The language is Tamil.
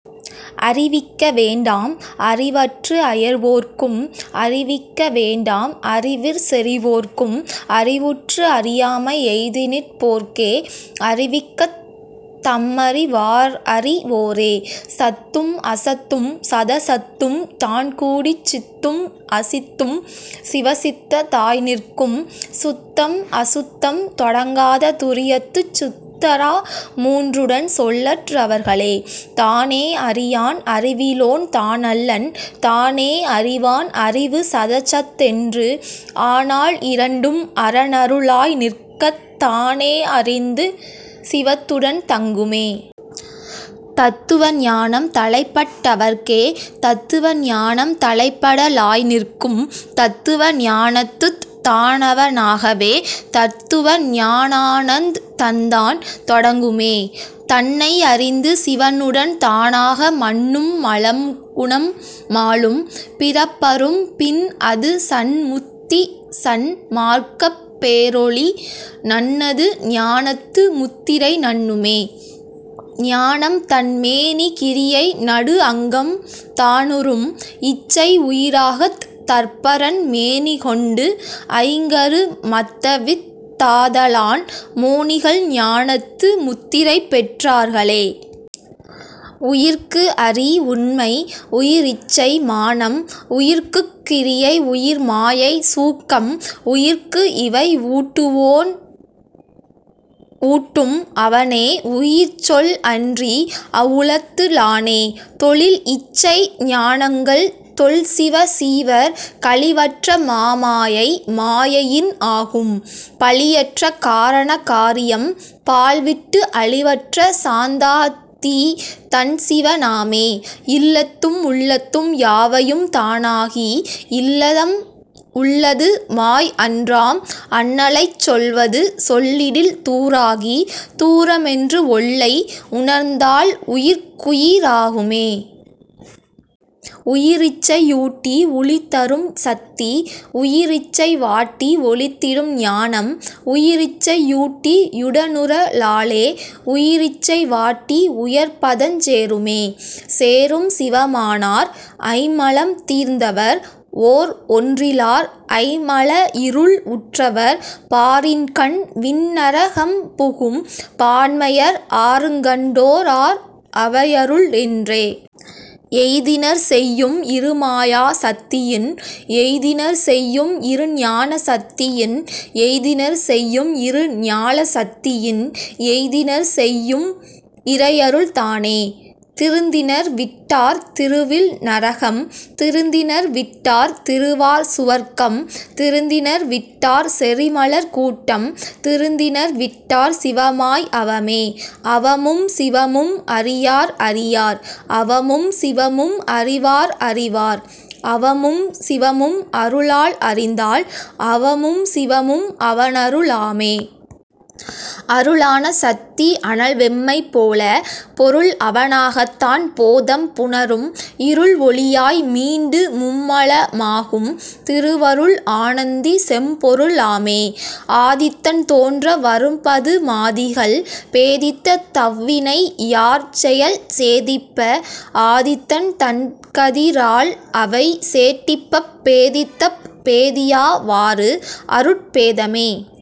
அறிவிக்க வேண்டாம் அறிவற்று அயர்வோர்க்கும் அறிவிக்க வேண்டாம் அறிவிற் செறிவோர்க்கும் அறிவுற்று அறியாமை எய்திநிற் போர்க்கே அறிவிக்கத் தம்அறி வார்அறி வோரே. சத்தும் அசத்தும் சதசத்தும் தான்கூடிச் சித்தும் அசித்தும் சிவசித்த தாய்நிற்கும் சுத்தம் அசுத்தம் தொடங்காத துரியத்துச் சுத்தரா மூன்றுடன் சொல்லற் றவர்களே. தானே அறியான் அறிவிலோன் தானல்லன் தானே அறிவான் அறிவு சதசத்தென்று ஆனால் இரண்டும் அரனரு ளாய்நிற்கத் தானே அறிந்து சிவத்துடன் தங்குமே. தத்துவ ஞானம் தலைப்பட் டவர்க்கே தத்துவ ஞானம் தலைப்பட லாய்நிற்கும் தத்துவ ஞானத்துத் தான்அவ னாகவே தத்துவ ஞானானந் தந்தான் தொடங்குமே. தன்னை அறிந்து சிவனுடன் தானாக மன்னும் மலம்குணம் மாளும் பிறப்பறும் பின்அது சன்முத்தி சன்மார்க்கப் பேரொளி நன்னது ஞானத்து முத்திரை நண்ணுமே. ஞானம்தன் மேனி கிரியை நடுஅங்கம் தானுறும் இச்சை உயிராகத் தற்பரன் மேனிகொண்டு ஐங்கரு மத்தவித் தாதலான் மோனிகள் ஞானத்து முத்திரை பெற் றார்களே. உயிர்க்குஅறி உண்மை உயிர்இச்சை மானம் உயிர்க்குக் கிரியை உயிர்மாயை சூக்கம் உயிர்க்குஇவை ஊட்டுவோன் ஊட்டும் அவனே உயிர்ச்சொல் அன்றி அவ்வுளத்து ளானே. தொழில்இச்சை ஞானங்கள் தொல்சிவசீவர் கழிவற்ற மாமாயை மாயையின் ஆகும் பழியற்ற காரண காரியம் பாழ்விட்டு அழிவற்ற சாந்தாதீ தன்சிவ னாமே. இல்லதும் உள்ளதும் யாவையும் தானாகி இல்லதம் உள்ளது மாய்அன்றாம் அண்ணலைச் சொல்வது சொல்லிடில் தூராகி தூரமென்று ஒல்லை உணர்ந்தால் உயிர்க்குயி ராகுமே. உயிரிச்சை யூட்டி உழிதரும் சத்தி உயிரிச்சை வாட்டி ஒழித்திடும் ஞானம் உயிரிச்சை யூட்டி யுடனுறலாலே உயிரிச்சை வாட்டி உயர்பதஞ் சேருமே. சேரும் சிவமானார் ஐம்மலம் தீர்ந்தவர் ஓர்ஒன்றி லார் ஐம் மலஇருள் உற்றவர் பாரின்கண் விண்நர கம்புகும் பான்மையர் ஆருங்கண் டோ ரார் அவையருள் என்றே. எய்தினர் செய்யும் இருமாயா சத்தியின் எய்தினர் செய்யும் இருஞான சத்தியின் எய்தினர் செய்யும் இருஞால சத்தியின் எய்தினர் செய்யும் இறையருள் தானே. திருந்தினர் விட்டார் திருவில் நரகம் திருந்தினர் விட்டார் திருவார் சுவர்க்கம் திருந்தினர் விட்டார் செறிமலர் கூட்டம் திருந்தினர் விட்டார் சிவமாய் அவமே. அவமும் சிவமும் அறியார் அறியார் அவமும் சிவமும் அறிவார் அறிவார் அவமும் சிவமும் அருளால் அறிந்தால் அவமும் சிவமும் அவனரு ளாமே. அருளான சத்தி அனல் வெம்மை போல பொருள் அவனாகத்தான் போதம் புணரும் இருள் ஒளியாய் மீண்டு மும்மல மாகும் திருவருள் ஆனந்தி செம்பொருளாமே. ஆதித்தன் தோன்ற வரும்பது மாதிகள் பேதித்த தவ்வினை யாற்செயல் சேதிப்ப ஆதித்தன் தன்கதி ரால்அவை சேட்டிப்பப் பேதித்தப் பேதியா வாறுஅருட் பேதமே.